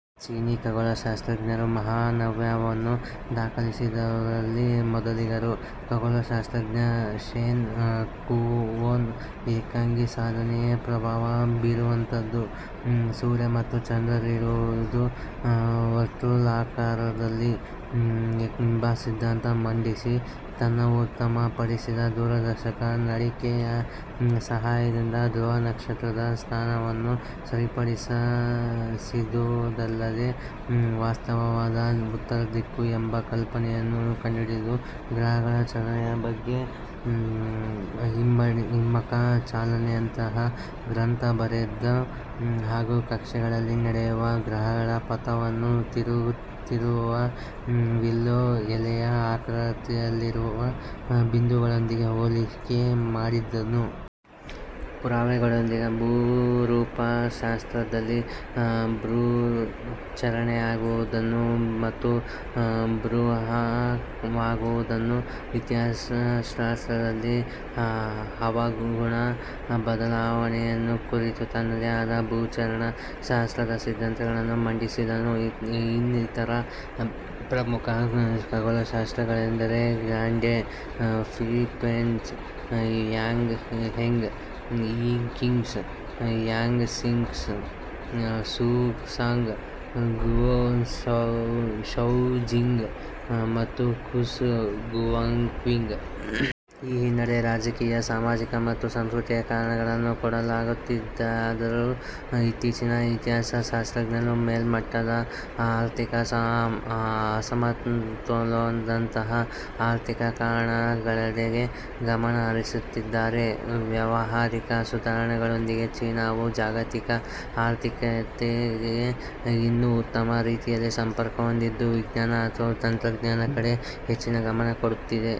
ಚೀನೀ ಖಗೋಳಶಾಸ್ತ್ರಜ್ಞರು ಮಹಾನವ್ಯ ವನ್ನು ದಾಖಲಿಸಿದವರಲ್ಲಿ ಮೊದಲಿಗರು. ಖಗೋಳಶಾಸ್ತ್ರಜ್ಞ ಶೆನ್ ಕುವೋನ ಏಕಾಂಗಿ ಸಾಧನೆಯೇ ಪ್ರಭಾವ ಬೀರುವಂತಹದ್ದು, ಸೂರ್ಯ ಮತ್ತು ಚಂದ್ರರಿರುವುದು ವರ್ತುಲಾಕಾರದಲ್ಲಿ ಎಂಬ ಸಿದ್ಧಾಂತ ಮಂಡಿಸಿ, ತನ್ನ ಉತ್ತಮಪಡಿಸಿದ ದೂರದರ್ಶಕ ನಳಿಕೆಯ ಸಹಾಯದಿಂದ ಧೃವ ನಕ್ಷತ್ರ ದ ಸ್ಥಾನವನ್ನು ಸರಿಪಡಿಸಿದುದಲ್ಲದೇ, ವಾಸ್ತವವಾದ ಉತ್ತರದಿಕ್ಕು ಎಂಬ ಕಲ್ಪನೆಯನ್ನು ಕಂಡುಹಿಡಿದು, ಗ್ರಹಗಳ ಚಲನೆಗಳ ಬಗ್ಗೆ ಹಿಮ್ಮುಖ ಚಲನೆಯಂತಹಾ ಗ್ರಂಥ ಬರೆದು, ಹಾಗೂ ಕಕ್ಷೆಗಳಲ್ಲಿ ನಡೆಯುವ ಗ್ರಹಗಳ ಪಥವನ್ನು ತಿರುಗುತ್ತಿರುವ ವಿಲ್ಲೋ ಎಲೆಯ ಆಕೃತಿಯಲ್ಲಿರುವ ಬಿಂದುಗಳೊಂದಿಗೆ ಹೋಲಿಕೆ ಮಾಡಿದ್ದನು. ಪುರಾವೆಗಳೊಂದಿಗೆ ಭೂರೂಪಶಾಸ್ತ್ರದಲ್ಲಿ ಭೂರಚನೆಯಾಗುವುದನ್ನು ಮತ್ತು ಭೂಹವಾಗುಣ ಇತಿಹಾಸಶಾಸ್ತ್ರ ದಲ್ಲಿ ಹವಾಗುಣ ಬದಲಾವಣೆಯನ್ನು ಕುರಿತು ತನ್ನದೇ ಆದ ಭೂರಚನಾ ಶಾಸ್ತ್ರದ ಸಿದ್ಧಾಂತಗಳನ್ನು ಮಂಡಿಸಿದನು. ಇನ್ನಿತರ ಪ್ರಮುಖ ಖಗೋಳಶಾಸ್ತ್ರಜ್ಞರೆಂದರೆ Gan De, Shi Shen, Zhang Heng, Yi Xing, Zhang Sixun, Su Song, Guo Shoujing, ಮತ್ತು ಕ್ಸು ಗುವಾಂಗ್ಕ್ವಿ. ಈ ಹಿನ್ನಡೆಗೆ ರಾಜಕೀಯ, ಸಾಮಾಜಿಕ ಮತ್ತು ಸಾಂಸ್ಕೃತಿಕ ಕಾರಣಗಳನ್ನು ಕೊಡಲಾಗುತ್ತಿದೆಯಾದರೂ, ಇತ್ತೀಚಿನ ಇತಿಹಾಸಶಾಸ್ತ್ರಜ್ಞರು ಮೇಲ್ಮಟ್ಟದ ಆರ್ಥಿಕ ಅಸಮತೋಲನದಂತಹಾ ಆರ್ಥಿಕ ಕಾರಣ ಗಳೆಡೆ ಗಮನ ಹರಿಸುತ್ತಿದ್ದಾರೆ. ವ್ಯಾವಹಾರಿಕ ಸುಧಾರಣೆಗಳೊಂದಿಗೆ ಚೀನಾವು ಜಾಗತಿಕ ಆರ್ಥಿಕತೆಗೆ ಇನ್ನೂ ಉತ್ತಮ ರೀತಿಯಲ್ಲಿ ಸಂಪರ್ಕ ಹೊಂದಿದ್ದು ವಿಜ್ಞಾನ ಹಾಗೂ ತಂತ್ರಜ್ಞಾನದ ಕಡೆ ಹೆಚ್ಚಿನ ಗಮನ ಕೊಡುತ್ತಿದೆ.